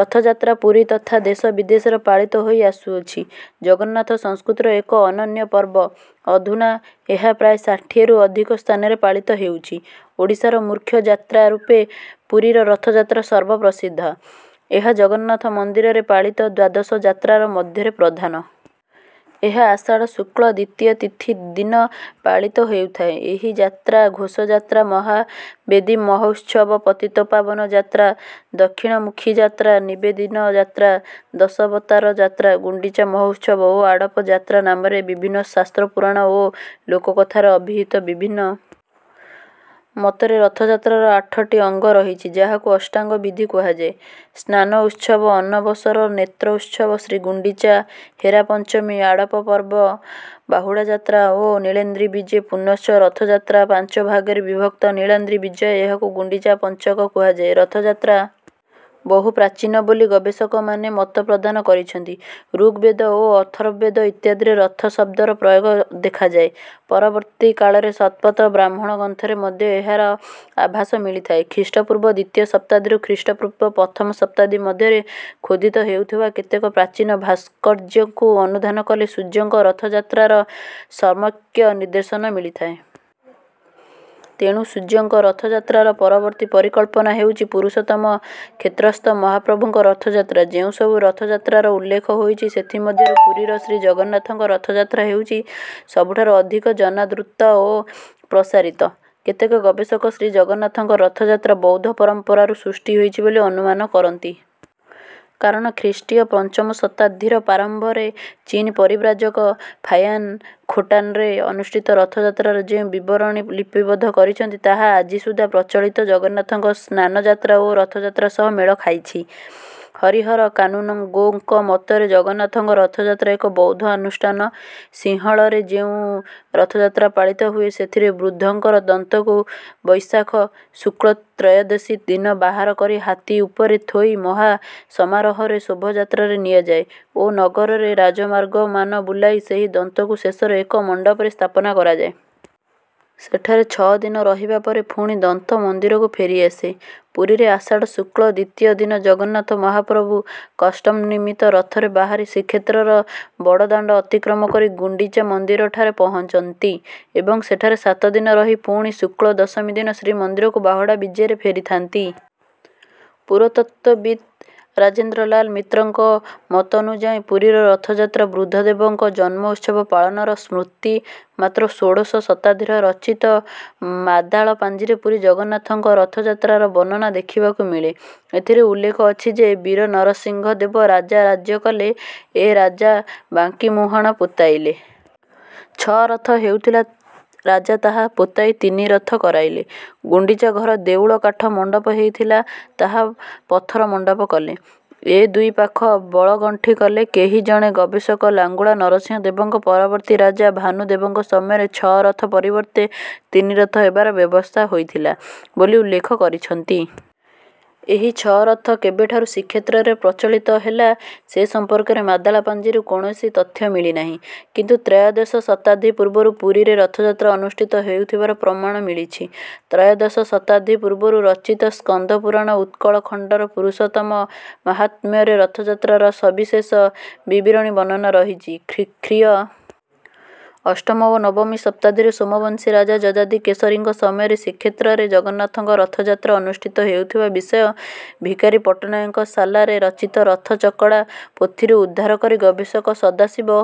ରଥଯାତ୍ରା, ପୁରୀ ତଥା ଦେଶ ବିଦେଶରେ ପାଳିତ ହୋଇ ଆସୁଅଛି ଜଗନ୍ନାଥ ସଂସ୍କୃତିର ଏକ ଅନନ୍ୟ ପର୍ବ। ଅଧୁନା ଏହା ପ୍ରାୟ ଷାଠିଏରୁ ଅଧିକ ସ୍ଥାନରେ ପାଳିତ ହେଉଛି। ଓଡ଼ିଶାର ମୁଖ୍ୟ ଯାତ୍ରା ରୂପେ ପୁରୀର ରଥଯାତ୍ରା ସର୍ବପ୍ରସିଦ୍ଧ। ଏହା ଜଗନ୍ନାଥ ମନ୍ଦିରରେ ପାଳିତ ଦ୍ୱାଦଶ ଯାତ୍ରାର ମଧ୍ୟରେ ପ୍ରଧାନ। ଏହା ଆଷାଢ଼ ଶୁକ୍ଳ ଦ୍ୱିତୀୟା ତିଥି ଦିନ ପାଳିତ ହୋଇଥାଏ। ଏହି ଯାତ୍ରା ଘୋଷ ଯାତ୍ରା, ମହାବେଦୀ ମହୋତ୍ସବ, ପତିତପାବନ ଯାତ୍ରା, ଦକ୍ଷିଣାମୁଖୀ ଯାତ୍ରା, ନିବେଦିନ ଯାତ୍ରା, ଦଶାବତାର ଯାତ୍ରା, ଗୁଣ୍ଡିଚା ମହୋତ୍ସବ ଓ ଆଡ଼ପ ଯାତ୍ରା ନାମରେ ବିଭିନ୍ନ ଶାସ୍ତ୍ର, ପୁରାଣ ଓ ଲୋକକଥାରେ ଅଭିହିତ। ବିଭିନ୍ନ ମତରେ ରଥଯାତ୍ରାର ଆଠ ଟି ଅଙ୍ଗ ରହିଛି, ଯାହାକୁ ଅଷ୍ଟାଙ୍ଗ ବିଧି କୁହାଯାଏ: ସ୍ନାନ ଉତ୍ସବ, ଅନବସର, ନେତ୍ରୋତ୍ସବ, ଶ୍ରୀଗୁଣ୍ଡିଚା, ହେରାପଞ୍ଚମୀ, ଆଡ଼ପ ପର୍ବ, ବାହୁଡ଼ା ଯାତ୍ରା ଓ ନୀଳାଦ୍ରି ବିଜେ। ପୁନଶ୍ଚ ରଥଯାତ୍ରା ପାଞ୍ଚ ଭାଗରେ ବିଭକ୍ତ ନୀଳାଦ୍ରି ବିଜୟ ଏହାକୁ ଗୁଣ୍ଡିଚା ପଞ୍ଚକ କୁହାଯାଏ। ରଥଯାତ୍ରା ବହୁ ପ୍ରାଚୀନ ବୋଲି ଗବେଷକମାନେ ମତ ପ୍ରଦାନ କରିଛନ୍ତି। ଋଗ୍‌ବେଦ ଓ ଅଥର୍ବବେଦ ଇତ୍ୟାଦିରେ ରଥ ଶବ୍ଦର ପ୍ରୟୋଗ ଦେଖାଯାଏ। ପରବର୍ତ୍ତୀ କାଳରେ ଶତପଥ ବ୍ରାହ୍ମଣ ଗ୍ରନ୍ଥରେ ମଧ୍ୟ ଏହାର ଆଭାସ ମିଳିଥାଏ। ଖ୍ରୀଷ୍ଟପୂର୍ବ ଦ୍ୱିତୀୟ ଶତାବ୍ଦୀରୁ ଖ୍ରୀଷ୍ଟପୂର୍ବ ପ୍ରଥମ ଶତାବ୍ଦୀ ମଧ୍ୟରେ ଖୋଦିତ ହୋଇଥିବା କେତେକ ପ୍ରାଚୀନ ଭାସ୍କର୍ଯ୍ୟକୁ ଅନୁଧ୍ୟାନ କଲେ ସୂର୍ଯ୍ୟଙ୍କ ରଥଯାତ୍ରାର ସମ୍ୟକ୍ ନିଦର୍ଶନ ମିଳିଥାଏ। ତେଣୁ ସୂର୍ଯ୍ୟଙ୍କ ରଥଯାତ୍ରାର ପରବର୍ତ୍ତୀ ପରିକଳ୍ପନା ହେଉଛି ପୁରୁଷୋତ୍ତମ କ୍ଷେତ୍ରସ୍ଥ ମହାପ୍ରଭୁଙ୍କ ରଥଯାତ୍ରା। ଯେଉଁସବୁ ରଥଯାତ୍ରାର ଉଲ୍ଲେଖ ହୋଇଛି, ସେଥିମଧ୍ୟରୁ ପୁରୀର ଶ୍ରୀଜଗନ୍ନାଥଙ୍କ ରଥଯାତ୍ରା ହେଉଛି ସବୁଠାରୁ ଅଧିକ ଜନାଦୃତ ଓ ପ୍ରସାରିତ। କେତେକ ଗବେଷକ ଶ୍ରୀଜଗନ୍ନାଥଙ୍କ ରଥଯାତ୍ରା ବୌଦ୍ଧ ପରମ୍ପରାରୁ ସୃଷ୍ଟି ହୋଇଛି ବୋଲି ଅନୁମାନ କରନ୍ତି। କାରଣ ଖ୍ରୀଷ୍ଟୀୟ ପଞ୍ଚମ ଶତାବ୍ଦୀର ପ୍ରାରମ୍ଭରେ ଚୀନ୍ ପରିବ୍ରାଜକ ଫାହିୟାନ୍ ଖୋଟାନ୍‌ରେ ଅନୁଷ୍ଠିତ ରଥଯାତ୍ରାର ଯେଉଁ ବିବରଣୀ ଲିପିବଦ୍ଧ କରିଛନ୍ତି, ତାହା ଆଜିସୁଦ୍ଧା ପ୍ରଚଳିତ ଜଗନ୍ନାଥଙ୍କ ସ୍ନାନଯାତ୍ରା ଓ ରଥଯାତ୍ରା ସହ ମେଳ ଖାଉଛି। ହରିହର କାନୁନ୍‌ଗୋଙ୍କ ମତରେ ଜଗନ୍ନାଥଙ୍କ ରଥଯାତ୍ରା ଏକ ବୌଦ୍ଧ ଅନୁଷ୍ଠାନ। ସିଂହଳରେ ଯେଉଁ ରଥଯାତ୍ରା ପାଳିତ ହୁଏ, ସେଥିରେ ବୁଦ୍ଧଙ୍କ ଦନ୍ତକୁ ବୈଶାଖ ଶୁକ୍ଳ ତ୍ରୟୋଦଶୀ ଦିନ ବାହାର କରି ହାତୀ ଉପରେ ଥୋଇ ମହା ସମାରୋହରେ ଶୋଭାଯାତ୍ରାରେ ନିଆଯାଏ ଓ ନଗରର ରାଜମାର୍ଗମାନ ବୁଲାଇ ସେହି ଦନ୍ତକୁ ଶେଷରେ ଏକ ମଣ୍ଡପରେ ସ୍ଥାପନ କରାଯାଏ। ସେଠାରେ ଛଅ ଦିନ ରହିବା ପରେ ପୁଣି ଦନ୍ତ ମନ୍ଦିରକୁ ଫେରିଆସେ। ପୁରୀରେ ଆଷାଢ଼ ଶୁକ୍ଳ ଦ୍ୱିତୀୟା ଦିନ ଜଗନ୍ନାଥ ମହାପ୍ରଭୁ କାଷ୍ଠ ନିର୍ମିତ ରଥରେ ବାହାରି ଶ୍ରୀକ୍ଷେତ୍ରର ବଡ଼ଦାଣ୍ଡ ଅତିକ୍ରମ କରି ଗୁଣ୍ଡିଚା ମନ୍ଦିରଠାରେ ପହଞ୍ଚନ୍ତି ଏବଂ ସେଠାରେ ସାତ ଦିନ ରହି ପୁଣି ଶୁକ୍ଳ ଦଶମୀ ଦିନ ଶ୍ରୀମନ୍ଦିରକୁ ବାହୁଡ଼ା ବିଜେରେ ଫେରିଥାନ୍ତି। ପୁରାତତ୍ତ୍ୱବିତ୍ ରାଜେନ୍ଦ୍ର ଲାଲ ମିତ୍ରଙ୍କ ମତନୁଯାୟୀ ପୁରୀର ରଥଯାତ୍ରା ବୁଦ୍ଧଦେବଙ୍କ ଜନ୍ମୋତ୍ସବ ପାଳନର ସ୍ମୃତି ମାତ୍ର। ଷୋଡ଼ଶ ଶତାବ୍ଦୀରେ ରଚିତ ମାଦଳା ପାଞ୍ଜିରେ ପୁରୀ ଶ୍ରୀଜଗନ୍ନାଥଙ୍କ ରଥଯାତ୍ରାର ବର୍ଣ୍ଣନା ଦେଖିବାକୁ ମିଳେ। ଏଥିରେ ଉଲ୍ଲେଖ ଅଛି ଯେ, ବୀର ନରସିଂହ ଦେବ ରାଜା ରାଜ୍ୟ କଲେ। ଏ ରାଜା ବାଙ୍କୀ ମୁହାଣ ପୋତାଇଲେ। ଛଅ ରଥ ହେଉଥିଲା, ରାଜା ତାହା ପୋତାଇ ତିନି ରଥ କରାଇଲେ। ଗୁଣ୍ଡିଚା ଘର ଦେଉଳ କାଠ ମଣ୍ଡପ ହୋଇଥିଲା, ତାହା ପଥର ମଣ୍ଡପ କଲେ। ଏ ଦୁଇ ପାଖେ ବଳଗଣ୍ଡି କଲେ। କେହି ଜଣେ ଗବେଷକ ଲାଙ୍ଗୁଳା ନରସିଂହ ଦେବଙ୍କ ପରବର୍ତ୍ତୀ ରାଜା ଭାନୁଦେବଙ୍କ ସମୟରେ ଛଅ ରଥ ପରିବର୍ତ୍ତେ ତିନି ରଥ ହେବାର ବ୍ୟବସ୍ଥା ହୋଇଥିଲା ବୋଲି ଉଲ୍ଲେଖ କରିଛନ୍ତି। ଏହି ଛଅ ରଥ କେବେଠାରୁ ଶ୍ରୀକ୍ଷେତ୍ରରେ ପ୍ରଚଳିତ ହେଲା, ସେ ସମ୍ପର୍କରେ ମାଦଳା ପାଞ୍ଜିରୁ କୌଣସି ତଥ୍ୟ ମିଳୁନାହିଁ। କିନ୍ତୁ ତ୍ରୟୋଦଶ ଶତାଦ୍ଦୀ ପୂର୍ବରୁ ପୁରୀରେ ରଥଯାତ୍ରା ଅନୁଷ୍ଠିତ ହେଉଥିବାର ପ୍ରମାଣ ମିଳୁଛି। ତ୍ରୟୋଦଶ ଶତାଦ୍ଦୀ ପୂର୍ବରୁ ରଚିତ ସ୍କାନ୍ଦ ପୁରାଣ ଉତ୍କଳ ଖଣ୍ଡର ପୁରୁଷୋତ୍ତମ ମାହାତ୍ମ୍ୟରେ ରଥଯାତ୍ରାର ସବିଶେଷ ବିବରଣୀ ବର୍ଣ୍ଣନା ରହିଛି। ଖ୍ରୀ.ଅ. ଅଷ୍ଟମି ବା ନବମି ଶତାଦ୍ଦୀରେ ସୋମବଂଶୀ ରାଜା ଯଯାତି କେଶରୀଙ୍କ ସମୟରେ ଶ୍ରୀକ୍ଷେତ୍ରରେ ଜଗନ୍ନାଥଙ୍କ ରଥଯାତ୍ରା ଅନୁଷ୍ଠିତ ହେଉଥିବା ବିଷୟ ଭିକାରୀ ପଟ୍ଟନାୟକଙ୍କ ସାଲରେ ରଚିତ ରଥ ଚକଡ଼ା ପୋଥିରୁ ଉଦ୍ଧାର କରି ଗବେଷକ ସଦାଶିବ...